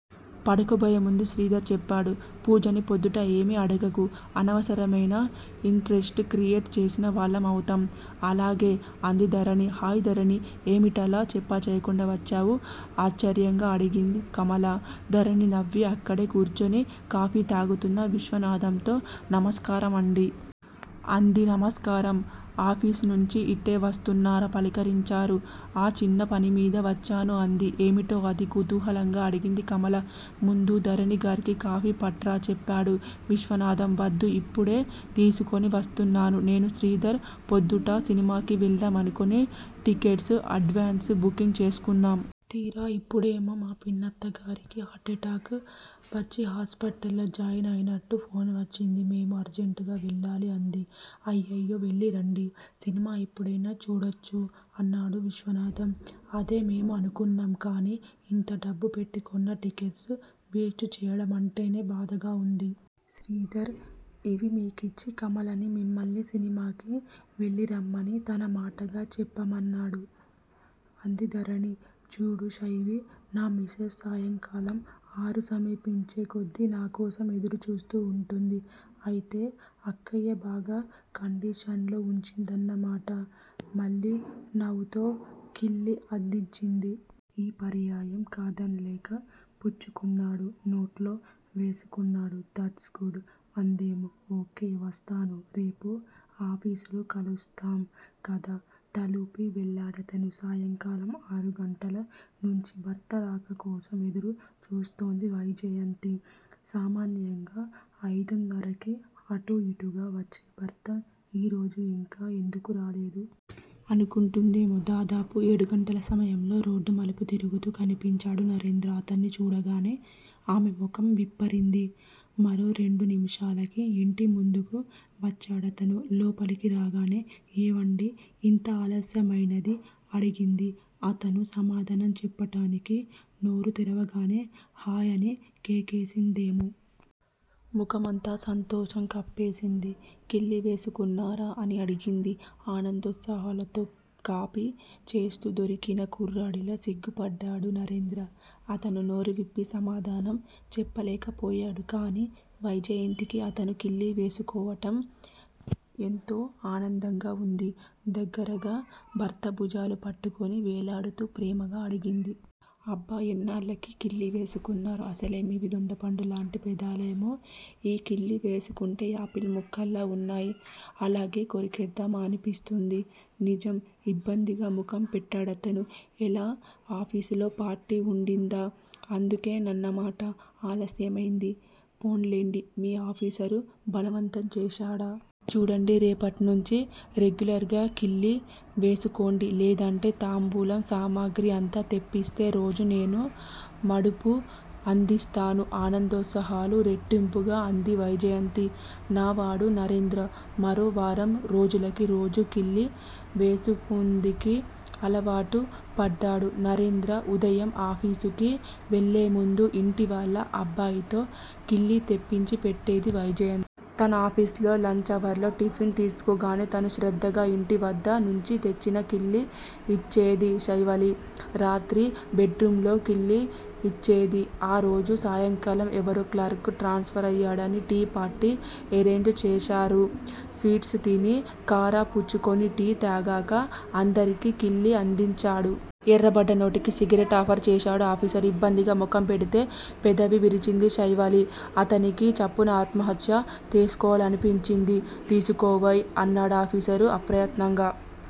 పడుకోబోయే ముందు శ్రీధర్ చెప్పాడు. పూజని పొద్దుట ఏమీ అడగకు! అనవసరమైన ఇంట్రెస్ట్ క్రియేట్ చేసిన వాళ్ళం అవుతాం. అలాగే! అంది ధరణి. హాయ్ ధరణీ! ఏమిటిలా చెప్పాచెయ్యకుండా వచ్చావు? ఆశ్చర్యంగా అడిగింది కమల. ధరణి నవ్వి అక్కడే కూర్చుని కాఫీ తాగుతున్న విశ్వనాథంతో నమస్కారం అండీ! అంది. నమస్కారం ఆఫీసునుంచి ఇటే వస్తున్నారా? పలకరించారు. ఆ చిన్న పనిమీద వచ్చాను అంది. ఏమిటో అది? కుతూహలంగా అడిగింది కమల. ముందు ధరణిగారికి కాఫీ పట్రా! చెప్పాడు విశ్వనాథం. వద్దు! ఇప్పుడే తీసుకుని వస్తున్నాను. నేనూ శ్రీధర్ ప్రొద్దుట సినిమాకి వెళ్దాం అనుకుని టికెట్స్ ఎడ్వాన్స్ బుకింగ్ చేసుకున్నాం. తీరా ఇప్పుడేమో మా పిన్నత్తగారికి హార్ట్ ఎటాక్ వచ్చి హాస్పిటల్ లో జాయిన్ అయినట్టు ఫోన్ వచ్చింది. మేము అర్జెంటుగా వెళ్ళాలి! అంది. అయ్యయ్యో వెళ్ళిరండి. సినిమా ఎప్పుడైనా చూడచ్చు! అన్నాడు విశ్వనాథం. అదే మేమూ అనుకున్నాం. కానీ ఇంత డబ్బు పెట్టి కొన్న టికెట్స్ వేస్ట్ చెయ్యడం అంటేనే బాధగా ఉంది. శ్రీధర్ ఇవి మీకిచ్చి కమలనీ, మిమ్మల్ని సినిమాకి వెళ్ళిరమ్మని తన మాటగా చెప్పమన్నాడు అంది ధరణి. చూడు శైవి! నా మిసెస్ సాయంకాలం ఆరు సమీపించే కొద్ది నాకోసం ఎదురు చూస్తూ వుంటుంది! అయితే అక్కయ్య బాగా కండిషన్లో వుంచిందన్నమాట! మళ్ళీ నవుతో కిళ్ళి అందించింది. ఈ పర్యాయం కాదన్లేక పుచ్చుకున్నాడు. నోట్లో వేసుకున్నాడు దట్స్ గుడ్ అందామె. ఒకే! వస్తాను! రేపు ఆఫీసులో కలుస్తాం కదా. తలూపి వెళ్లేడతను సాయకాలం ఆరు గంటల నుంచి భర్త రాకకోసం ఎదురు చూస్తోంది వైజయంతి. సామాన్యంగా అయిదున్నరకి అటూ యిటూగా వచ్చే భర్త ఈరోజు యింకా ఎందుకు రాలేదు. అనుకుంటుందామె. దాదాపు ఏడుగంటల సమయంలో రోడ్డు మలుపు తిరుగుతూ కనిపించాడు నరేంద్ర అతన్ని చూడగానే ఆమె ముఖం విప్పరింది. మరో రెండు నిమిషాలకి యింటి ముందుకు వచ్చాడతను. లోపలికి రాగానే ఏవండి యింత అలస్యమైనది అడిగింది. అతను సమాధానం చెప్పటానికి నోరు తెరవగానే హయ్ అని కేకేసిందోమొ. ముఖమంతా సంతోషం కప్పేసింది. కిళ్ళి వేసుకున్నారా?! అని అడిగింది ఆనందోత్సాహాలతో. కాపి చేస్తూ దొరికిన కుర్రాడిలా సిగ్గుపడ్డాడు నరేంద్ర. అతను నోరువిప్పి సమాధానం చెప్పలేకపోయాడు. కానీ వైజయంతికి అతను కిళ్ళి వేసుకోవటం ఎంతో ఆనందంగా వుంది. దగ్గరగా భర్త భుజాలు పట్టుకుని వేలాడుతూ ప్రేమగా అడిగింది. అబ్బ ఎన్నాళ్ళకి కిళ్ళి వేసుకున్నారు. అసలే మీవి దొండపండు లాటి పెదాలయే? ఈ కిళ్ళి వేసుకుంటే యాపిల్ ముక్కల్లా వున్నాయి అలాగే కోరికేద్దామా అనిపిస్తుంది నిజం! ఇబ్బందిగా ముఖం పెట్టాడతను. ఎలా, ఆఫీసులో పార్టీ వుండిందా? అందుకే నన్నమాట ఆలస్యమైంది? పోన్లెండి మీ ఆఫీసరు బలవంతం చేశాడా? చూడండి? రేపటి నుంచి రెగ్యులర్ గా కిళ్ళి వేసుకోండి. లేదంటే తాంబూలం సామాగ్రి అంతా తెప్పిస్తే రోజు నేనూ మడుపు అందిస్తాను! ఆనందోత్సాహాలు రెట్టింపుగా అంది వైజయంతి. నావాడు నరేంద్ర. మరో వారం రోజులకి రోజు కిళ్ళి వేసుకుందికి అలవాటు పడ్డాడు. నరేంద్ర ఉదయం ఆఫీసుకి వెళ్ళేముందు యింటి వాల్ల అబ్బాయితో కిళ్ళి తెప్పించి పెట్టేది వైజయంతి. తనాఫిసులో లంచ్ అవర్లో టిఫిన్ తీసుకోగానే తను శ్రద్ధగా యింటి వద్ద నుంచి తెచ్చిన కిళ్ళి యిచ్చేది శైవాలి. రాత్రి బెడ్ రూంలో కిళ్ళి వైజయంతి. ఆరోజు సాయంకాలం ఎవరో క్లర్క్ ట్రాన్స్ఫరయ్యాడని టీ పార్టీ ఎరేంజ్ చేశారు. స్వీట్స్ తిని, కారా పుచ్చుకుని టీ తాగక అందరికి కిళ్ళి అందించాడు. ఎర్రబడ్డ నోటికి సిగరెట్ ఆఫర్ చేశాడు ఆఫీసరు. ఇబ్బందిగా ముఖం పెడితే పెదవి విరిచింది శైవాలి. అతనికి చప్పున ఆత్మహత్య తేసుకోవాలనిపించింది. తీసుకోవోయ్! అన్నాడాఫిసరు. ఆప్రయత్నంగా